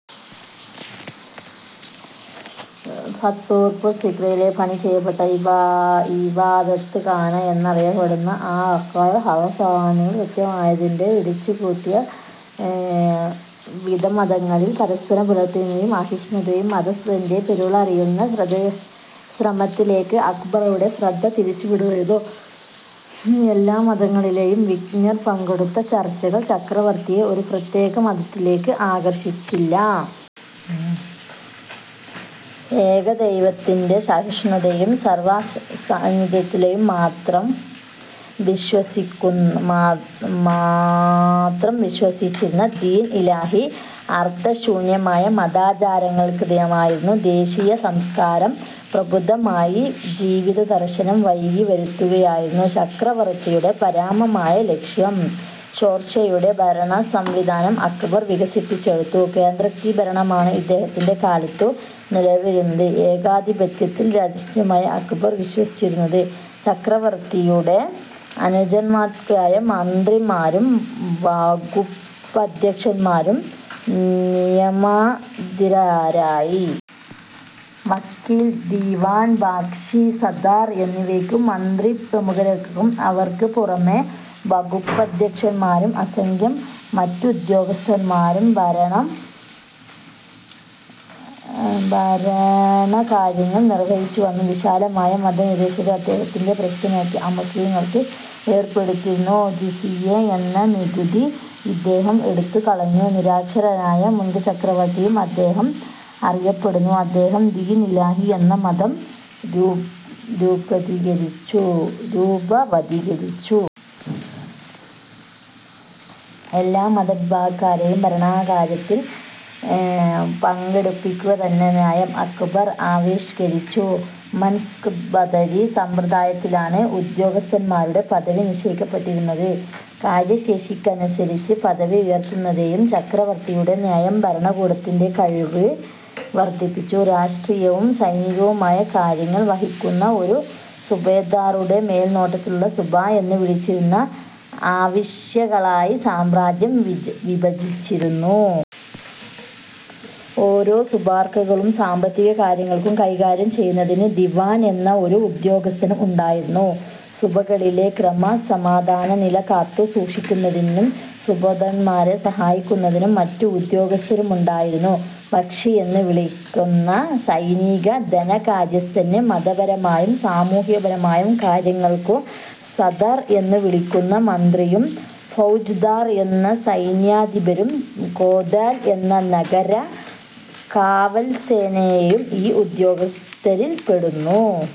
ഫത്തേപ്പൂർ സിക്രിയിൽ പണി ചെയ്യപ്പെട്ട 'ഇബാദത്ത് ഖാന' എന്നറിയപ്പെടുന്ന ആ സൌധത്തിൽ സർവമത സമ്മേളനങ്ങൾ കൃത്യമായിത്തന്നെ വിളിച്ചുകൂട്ടി. വിവിധ മതങ്ങൾ പരസ്പരം പുലർത്തിപ്പോന്ന അസഹിഷ്ണുത 'മത'ത്തിന്റെ പൊരുളറിയുന്ന ശ്രമത്തിലേക്ക് അക്ബറുടെ ശ്ര ശ്രദ്ധ തിരിച്ചുവിട്ടിരുന്നു. ക്രിസ്തുമതമുൾപ്പെടെ എല്ലാ മതങ്ങളിലെയും വിജ്ഞർ പങ്കെടുത്ത ചർച്ചകൾ ചക്രവർത്തിയെ ഒരു പ്രത്യേക മതത്തിലേക്കും ആകർഷിച്ചില്ല. ഏകദൈവത്തിലും സഹിഷ്ണുതയിലും സർവജനസാഹോദര്യത്തിലും മാത്രം വിശ്വാസമർപ്പിച്ച 'ദീൻ ഇലാഹി' അർത്ഥശൂന്യമായ മതാചാരങ്ങൾക്കതീതമായിരുന്നു. ദേശീയവും സംസ്കാര പ്രബുദ്ധവുമായ ജീവിതദർശനം കൈവരുത്തുകയായിരുന്നു ചക്രവർത്തിയുടെ പരമമായ ലക്ഷ്യം. ഷേർഷായുടെ ഭരണസംവിധാനം അക്ബർ വികസിപ്പിച്ചെടുത്തു. കേന്ദ്രീകൃത ഭരണമാണു ഇദ്ദേഹത്തിന്റെ കാലത്തു നിലവിലിരുന്നത്. ഏകാധിപത്യത്തിലും രാജവാഴ്ചയിലുമാണ് അക്ബർ വിശ്വസിച്ചിരുന്നത്. ചക്രവർത്തിയുടെ ആജ്ഞാനുവർത്തികളായി മന്ത്രിമാരും വകുപ്പധ്യക്ഷന്മാരും നിയമിതരായി. 'വക്കീൽ', 'ദിവാൻ', 'ബക്ഷി', 'സദർ' എന്നിവയ്ക്കു മന്ത്രിപ്രമുഖന്മാരും അവർക്കു പുറമേ വകുപ്പധ്യക്ഷന്മാരും അസംഖ്യം മറ്റുദ്യോഗസ്ഥന്മാരും ഭരണകാര്യങ്ങൾ നിർവഹിച്ചുവന്നു. വിശാലമായ മതനിരപേക്ഷത അദ്ദേഹത്തെ പ്രശസ്തനാക്കി. അമുസ്ലിംകൾക്ക് ഏർപ്പെടുത്തിയിരുന്നു ജിസിയ എന്ന നികുതി അദ്ദേഹം എടുത്തുകളഞ്ഞു. നിരക്ഷരനായ മുഗൾ ചക്രവർത്തിയായി അദ്ദേഹം അറിയപ്പെടുന്നു. അദ്ദേഹം ദീൻ ഇലാഹി എന്ന മതം രൂപവത്കരിച്ചു. എല്ലാ മതവിഭാഗക്കാരെയും ഭരണകാര്യത്തിൽ പങ്കെടുപ്പിക്കുകയെന്ന നയം അക്ബർ ആവിഷ്കരിച്ചു. 'മൻസബ്ദാരി' സമ്പ്രദായത്തിലാണ് ഉദ്യോഗസ്ഥന്മാരുടെ പദവി നിശ്ചയിക്കപ്പെട്ടിരുന്നത്. കാര്യശേഷിക്കനുസരിച്ച് പദവി ഉയർത്തുകയെന്ന ചക്രവർത്തിയുടെ നയം ഭരണകൂടത്തിന്റെ കഴിവ് വർദ്ധിപ്പിച്ചു. രാഷ്ട്രീയവും സൈനികവുമായ കാര്യങ്ങൾ വഹിക്കുന്ന ഒരു സുബേദാറുടെ മേൽനോട്ടത്തിലുള്ള സുബാ എന്നു വിളിച്ചിരുന്ന പ്രവിശ്യകളായി സാമ്രാജ്യം വിഭജിച്ചിരുന്നു. ഓരോ സുബാകൾക്കും സാമ്പത്തികകാര്യങ്ങൾ കൈകാര്യം ചെയ്യുന്നതിന് ദിവാൻ എന്ന ഒരു ഉദ്യോഗസ്ഥനും ഉണ്ടായിരുന്നു. സുബാകളിലെ ക്രമസമാധാന നില കാത്തു സൂക്ഷിക്കുന്നതിന് സുബേദാർമാരെ സഹായിക്കുന്നതിന് മറ്റു ഉദ്യോഗസ്ഥരുമുണ്ടായിരുന്നു. ബക്ഷി എന്നു വിളിക്കുന്ന സൈനിക ധനകാര്യസ്ഥന് മതപരവും സാമൂഹികവുമായ കാര്യങ്ങൾക്കുള്ള സദ്ർ എന്നു വിളിക്കുന്ന മന്ത്രിയും ഫൗജ്ദാർ എന്ന സൈന്യാധിപരും കോത്വാൽ എന്ന നഗര കാവൽസേനാനായകരും ഈ ഉദ്യോഗസ്ഥരിൽ പെടുന്നു.